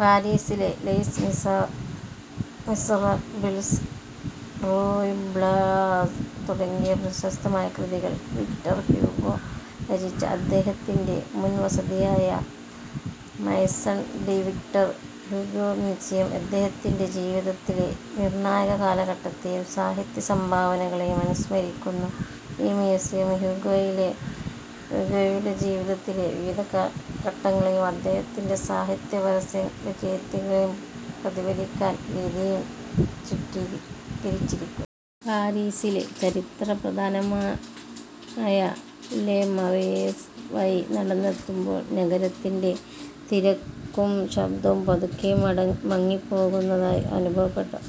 പാരീസിലെ Les Miserables, Ruy Blas തുടങ്ങിയ പ്രശസ്തമായ കൃതികൾ വിക്ടർ ഹ്യൂഗോ രചിച്ച അദ്ദേഹത്തിന്റെ മുൻ വസതിയായ Maison de Victor Hugo museum, അദ്ദേഹത്തിന്റെ ജീവിതത്തിലെ നിർണായക കാലഘട്ടത്തെയും സാഹിത്യ സംഭാവനകളെയും അനുസ്മരിക്കുന്നു. ഈ മ്യൂസിയം ഹ്യൂഗോയുടെ ജീവിതത്തിലെ വിവിധ ഘട്ടങ്ങളെയും അദ്ദേഹത്തിന്റെ സാഹിത്യസപര്യയെയും പ്രതിഫലിപ്പിക്കുന്ന രീതിയിൽ ചിട്ടീകരിച്ചിരിക്കുന്നു. പാരീസിലെ ചരിത്രപ്രധാനമായ ലെ മറായിസ് വഴി നടന്നെത്തുമ്പോൾ, നഗരത്തിന്റെ തിരക്കും ശബ്ദവും പതുക്കെ മങ്ങിപ്പോകുന്നതായി അനുഭവപ്പെടും.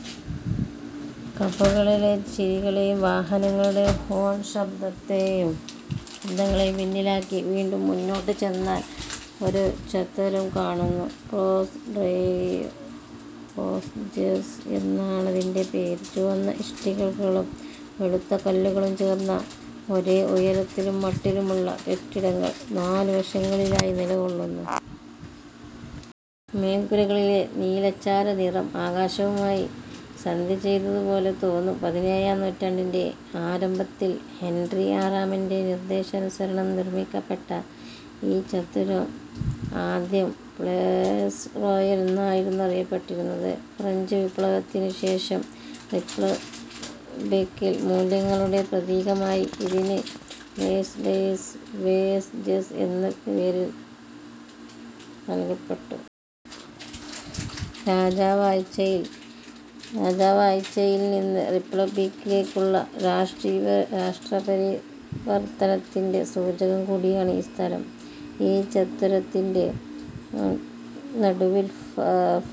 കഫേകളിലെ ചിരികളേയും വാഹനങ്ങളുടെ ഹോൺ ശബ്ദങ്ങളേയും പിന്നിലാക്കി വീണ്ടും മുന്നോട്ടു ചെന്നാൽ ഒരു ചത്വരം കാണാനാവുന്നു. പ്ലേസ് ഡെസ് വോസ്ജെസ് എന്നാണതിന്റെ പേര്. ചുവന്ന ഇഷ്ടികകളും വെളുത്ത കല്ലുകളും ചേർന്ന, ഒരേ ഉയരത്തിലും മട്ടിലുമുള്ള കെട്ടിടങ്ങൾ നാലു വശങ്ങളിലുമായി നിലകൊള്ളുന്നു. മേൽക്കൂരകളിലെ നീലച്ചാര നിറം ആകാശവുമായി സന്ധി ചെയ്തതുപോലെ തോന്നും. പതിനേഴാം നൂറ്റാണ്ടിന്റെ ആരംഭത്തിൽ ഹെൻറി ആറാമന്റെ നിർദ്ദേശാനുസരണം നിർമ്മിക്കപ്പെട്ട ഈ ചത്വരം ആദ്യം പ്ലേസ് റോയൽ എന്നായിരുന്നു അറിയപ്പെട്ടിരുന്നത്. ഫ്രഞ്ച് വിപ്ലവത്തിനു ശേഷം റിപ്പബ്ലിക്കൻ മൂല്യങ്ങളുടെ പ്രതീകമായി ഇതിന് പ്ലേസ് ഡെസ് വോസ്ജെസ് എന്ന പേര് നൽകപ്പെട്ടു. രാജവാഴ്ചയിൽ നിന്ന് റിപ്പബ്ലിക്കിലേക്കുള്ള രാഷ്ട്രീയപരിവർത്തനത്തിന്റെ സൂചകം കൂടിയാണ് ഈ സ്ഥലം. ഈ ചത്വരത്തിന്റെ നടുവിൽ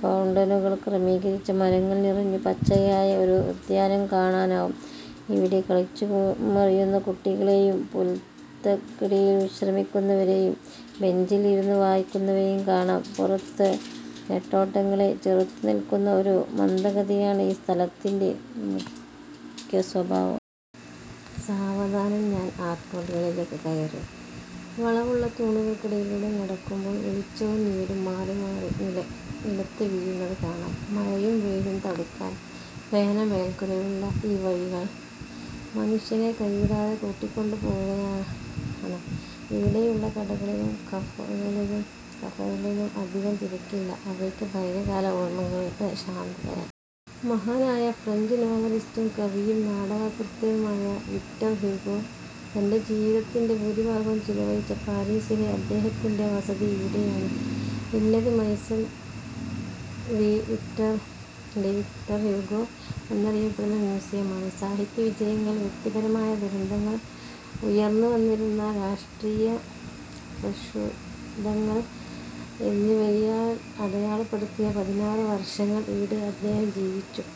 ഫൗണ്ടനുകൾ ക്രമീകരിച്ച, മരങ്ങൾ നിറഞ്ഞു പച്ചയായ ഒരു ഉദ്യാനം കാണാനാവും. ഇവിടെ കളിച്ചു മറിയുന്ന കുട്ടികളേയും, പുൽത്തകിടിയിൽ വിശ്രമിക്കുന്നവരേയും ബെഞ്ചിൽ ഇരുന്ന് വായിക്കുന്നവരേയും കാണാം. പുറത്തെ നെട്ടോട്ടങ്ങളെ ചെറുത്തുനിൽക്കുന്ന ഒരു മന്ദഗതിയാണ് ഈ സ്ഥലത്തിന്റെ മുഖ്യസ്വഭാവം. സാവധാനം ഞാൻ ആർക്കേഡുകളിലേക്ക് കയറി. വളവുള്ള തൂണുകൾക്കടിയിലൂടെ നടക്കുമ്പോൾ വെളിച്ചവും നിഴലും മാറിമാറി നിലത്ത് വീഴുന്നതു കാണാം. മഴയും വെയിലും തടുക്കാൻ പോന്ന മേൽക്കൂരയുള്ള ഈ വഴികൾ മനുഷ്യനെ കൈവിടാതെ കൂട്ടിക്കൊണ്ടു പോകുന്നവയാണ്. ഇവിടെയുള്ള കടകളിലും കഫേകളിലും അധികം തിരക്കില്ല. അവയ്ക്ക് പഴയകാല ഓർമകളുടെ ശാന്തതയാണ്. മഹാനായ ഫ്രഞ്ച് നോവലിസ്റ്റും കവിയും നാടകകൃത്തുമായ വിക്ടർ ഹ്യൂഗോ തന്റെ ജീവിതത്തിന്റെ ഭൂരിഭാഗവും ചിലവഴിച്ച പാരീസിലെ അദ്ദേഹത്തിന്റെ വസതി ഇവിടെയാണ്. ഇന്നത് മൈസൺ ഡി വിക്ടർ ഹ്യൂഗോ എന്നറിയപ്പെടുന്ന മ്യൂസിയമാണ്. സാഹിത്യ വിജയങ്ങൾ, വ്യക്തിപരമായ ദുരന്തങ്ങൾ, ഉയർന്നുവന്നിരുന്ന രാഷ്ട്രീയ പ്രക്ഷുബ്ധതകൾ എന്നിവയാൽ അടയാളപ്പെടുത്തിയ പതിനാറ് വർഷങ്ങൾ ഇവിടെ അദ്ദേഹം ജീവിച്ചു.